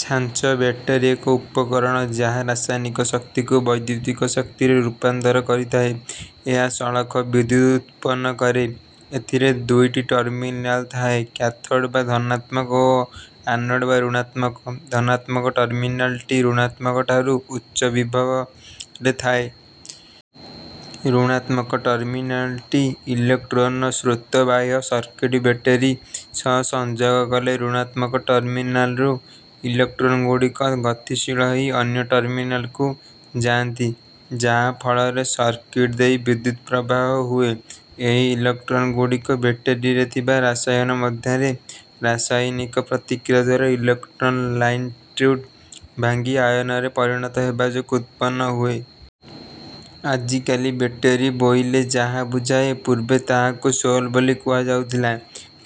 ଛାଞ୍ଚ ବ୍ୟାଟେରୀ ଏକ ଉପକରଣ ଯାହା ରସାୟନିକ ଶକ୍ତିକୁ ବୈଦ୍ୟୁତିକ ଶକ୍ତିରେ ରୂପାନ୍ତରିତ କରିଥାଏ। ଏହା ସଳଖ ବିଦ୍ୟୁତ୍ ଉତ୍ପନ୍ନ କରେ। ଏଥିରେ ଦୁଇଟି ଟର୍ମିନାଲ ଥାଏ କ୍ୟାଥୋଡ଼ ବା ଧନାତ୍ମକ ଓ ଆନୋଡ଼ ବା ଋଣାତ୍ମକ। ଧନାତ୍ମକ ଟର୍ମିନାଲଟି ଋଣାତ୍ମକ ଠାରୁ ଉଚ୍ଚ ବିଭବ ରେ ଥାଏ। ଋଣାତ୍ମକ ଟର୍ମିନାଲଟି ଇଲେକ୍ଟ୍ରନର ସ୍ରୋତ। ବାହ୍ୟ ସର୍କିଟ ବ୍ୟାଟେରୀ ସହ ସଂଯୋଗ କଲେ, ଋଣାତ୍ମକ ଟର୍ମିନାଲରୁ ଇଲେକ୍ଟ୍ରନ ଗୁଡ଼ିକ ଗତିଶୀଳ ହୋଇ ଅନ୍ୟ ଟର୍ମିନାଲକୁ ଯାଆନ୍ତି ଯାହା ଫଳରେ ସର୍କିଟ ଦେଇ ବିଦ୍ୟୁତ୍ ପ୍ରବାହ ହୁଏ। ଏହି ଇଲେକ୍ଟ୍ରନ ଗୁଡ଼ିକ ବ୍ୟାଟେରୀରେ ଥିବା ରସାୟନ ମଧ୍ୟରେ ରାସାୟନିକ ପ୍ରକ୍ରିୟାଦ୍ୱାରା ଇଲେକ୍ଟ୍ରୋଲାଇଟ୍ରୁ ଭାଙ୍ଗି ଆୟନରେ ପରିଣତ ହେବା ଯୋଗୁଁ ଉତ୍ପନ୍ନ ହୁଏ। ଆଜିକାଲି ବ୍ୟାଟେରୀ ବୋଇଲେ ଯାହା ବୁଝାଏ, ପୂର୍ବେ ତାହାକୁ ସେଲ୍ ବୋଲି କୁହାଯାଉଥିଲା।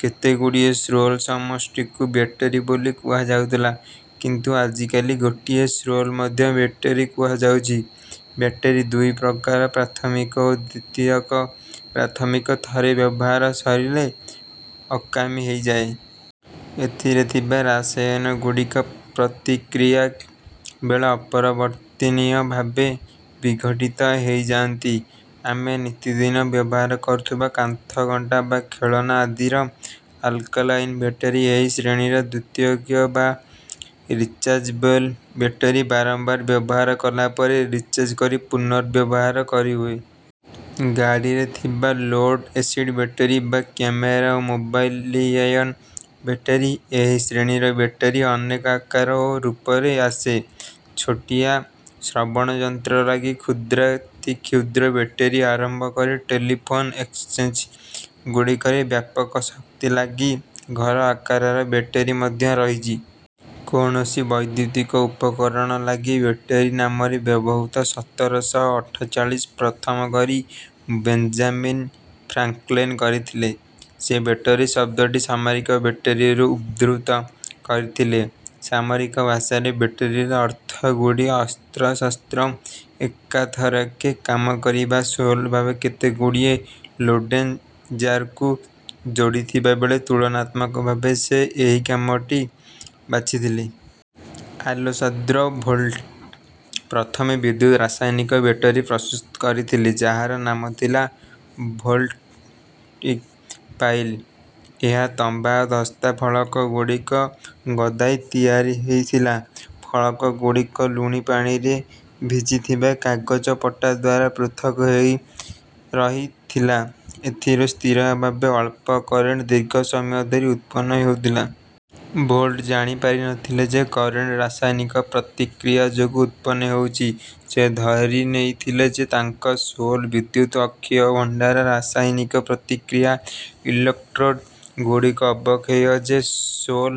କେତେ ଗୁଡ଼ିଏ ସେଲ୍ର ସମଷ୍ଟିକୁ ବ୍ୟାଟେରୀ ବୋଲି କୁହାଯାଉଥିଲା, କିନ୍ତୁ ଆଜିକାଲି ଗୋଟିଏ ସେଲ୍କୁ ମଧ୍ୟ ବ୍ୟାଟେରୀ କୁହାଯାଉଛି। ବ୍ୟାଟେରୀ ଦୁଇ ପ୍ରକାରର ପ୍ରାଥମିକ ଓ ଦ୍ୱିତୀୟକ। ପ୍ରାଥମିକ ଥରେ ବ୍ୟବହାର ସରିଲେ ଅକାମୀ ହୋଇଯାଏ। ଏଥିରେ ଥିବା ରସାୟନ ଗୁଡ଼ିକ ପ୍ରତିକ୍ରିୟା ବେଳେ ଅପରିବର୍ତ୍ତନୀୟ ଭାବେ ବିଘଟିତ ହୋଇଯାଆନ୍ତି। ଆମେ ନିତିଦିନ ବ୍ୟବହାର କରୁଥିବା କାନ୍ଥଘଣ୍ଟା ବା ଖେଳଣା ଆଦିର ଆଲକାଲାଇନ ବ୍ୟାଟେରୀ ଏହି ଶ୍ରେଣୀର। ଦ୍ୱିତୀୟକ ବା ରିଚାର୍ଜେବଲ ବ୍ୟାଟେରୀକୁ ବାରମ୍ବାର ବ୍ୟବହାର କଲା ପରେ ରିଚାର୍ଜ କରି ପୁନଃବ୍ୟବହାର କରିହୁଏ। ଗାଡ଼ିରେ ଥିବା ଲେଡ ଏସିଡ ବ୍ୟାଟେରୀ ବା କ୍ୟାମେରା ଓ ମୋବାଇଲର ଲି-ଆୟନ ବ୍ୟାଟେରୀ ଏହି ଶ୍ରେଣୀର। ବ୍ୟାଟେରୀ ଅନେକ ଆକାର ଓ ରୂପରେ ଆସେ। ଛୋଟିଆ ଶ୍ରବଣଯନ୍ତ୍ର ଲାଗି କ୍ଷୁଦ୍ରାତିକ୍ଷୁଦ୍ର ବ୍ୟାଟେରୀରୁ ଆରମ୍ଭ କରି ଟେଲିଫୋନ ଏକ୍ସଚେଞ୍ଜ ଗୁଡ଼ିକରେ ବ୍ୟାକଅପ ଶକ୍ତି ଲାଗି ଘର ଆକାରର ବ୍ୟାଟେରୀ ମଧ୍ୟ ରହିଛି। କୌଣସି ବୈଦ୍ୟୁତିକ ଉପକରଣ ଲାଗି ବ୍ୟାଟେରୀ ନାମର ବ୍ୟବହାର ସତର ଶହ ଅଠଚାଳିଶରେ ପ୍ରଥମ କରି ବେଞ୍ଜାମିନ ଫ୍ରାଙ୍କଲିନ କରିଥିଲେ। ସେ ବ୍ୟାଟେରୀ ଶବ୍ଦଟି ସାମରିକ ବ୍ୟାଟେରୀରୁ ଉଦ୍ଧୃତ କରିଥିଲେ। ସାମରିକ ଭାଷାରେ ବ୍ୟାଟେରୀର ଅର୍ଥ ଗୁଡ଼ିଏ ଅସ୍ତ୍ର-ଶସ୍ତ୍ର ଏକାଥରକେ କାମ କରିବା। ସେଲ୍ ଭାବେ କେତେଗୁଡିଏ ଲେଡ଼େନ୍ ଜାରକୁ ଯୋଡ଼ିଥିବା ବେଳେ ତୁଳନାତ୍ମକ ଭାବେ ସେ ଏହି କାମଟି ବାଛିଥିଲେ। ଆଲେସାନ୍ଦ୍ରୋ ଭୋଲ୍ଟା, ପ୍ରଥମ ବିଦ୍ୟୁତ୍-ରସାୟନିକ ବ୍ୟାଟେରୀ ପ୍ରସ୍ତୁତ କରିଥିଲେ, ଯାହାର ନାମ ଥିଲା ଭୋଲ୍ଟାଇକ ପାଇଲ୍। ଏହା ତମ୍ବା ଓ ଦସ୍ତା ଫଳକ ଗୁଡ଼ିକୁ ଗଦାଇ ତିଆରି ହୋଇଥିଲା। ଫଳକ ଗୁଡିକ ଲୁଣିପାଣିରେ ଭିଜିଥିବା କାଗଜପଟାଦ୍ୱାରା ପୃଥକ୍ ହୋଇ ରହିଥିଲା। ଏଥିରୁ ସ୍ଥିର ଭାବେ ଅଳ୍ପ କରେଣ୍ଟ ଦୀର୍ଘ ସମୟ ଧରି ଉତ୍ପନ୍ନ ହେଉଥିଲା। ଭୋଲ୍ଟା ଜାଣିପାରି ନଥିଲେ ଯେ କରେଣ୍ଟ, ରାସାୟନିକ ପ୍ରକ୍ରିୟା ଯୋଗୁଁ ଉତ୍ପନ୍ନ ହେଉଛି। ସେ ଧରିନେଇଥିଲେ ଯେ ତାଙ୍କ ସେଲ୍ ବିଦ୍ୟୁତ୍ର ଅକ୍ଷୟ ଭଣ୍ଡାର। ରାସାୟନିକ ପ୍ରକ୍ରିୟାରେ ଇଲେକ୍ଟ୍ରୋଡ ଗୁଡ଼ିକର ଅବକ୍ଷୟ ଯେ ସେଲ୍ର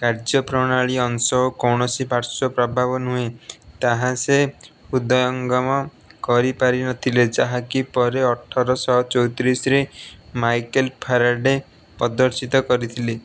କାର୍ଯ୍ୟପ୍ରଣାଳୀର ଅଂଶ ଓ କୌଣସି ପାର୍ଶ୍ୱ ପ୍ରଭାବ ନୁହଁ ତାହା ସେ ହୃଦୟଙ୍ଗମ କରିପାରିନଥିଲେ, ଯାହାକି ପରେ ଅଠର ଶହ ଚଉତିରିଶରେ ମାଇକେଲ ଫାରାଡ଼େ ପଦର୍ଶିତ କରିଥିଲେ।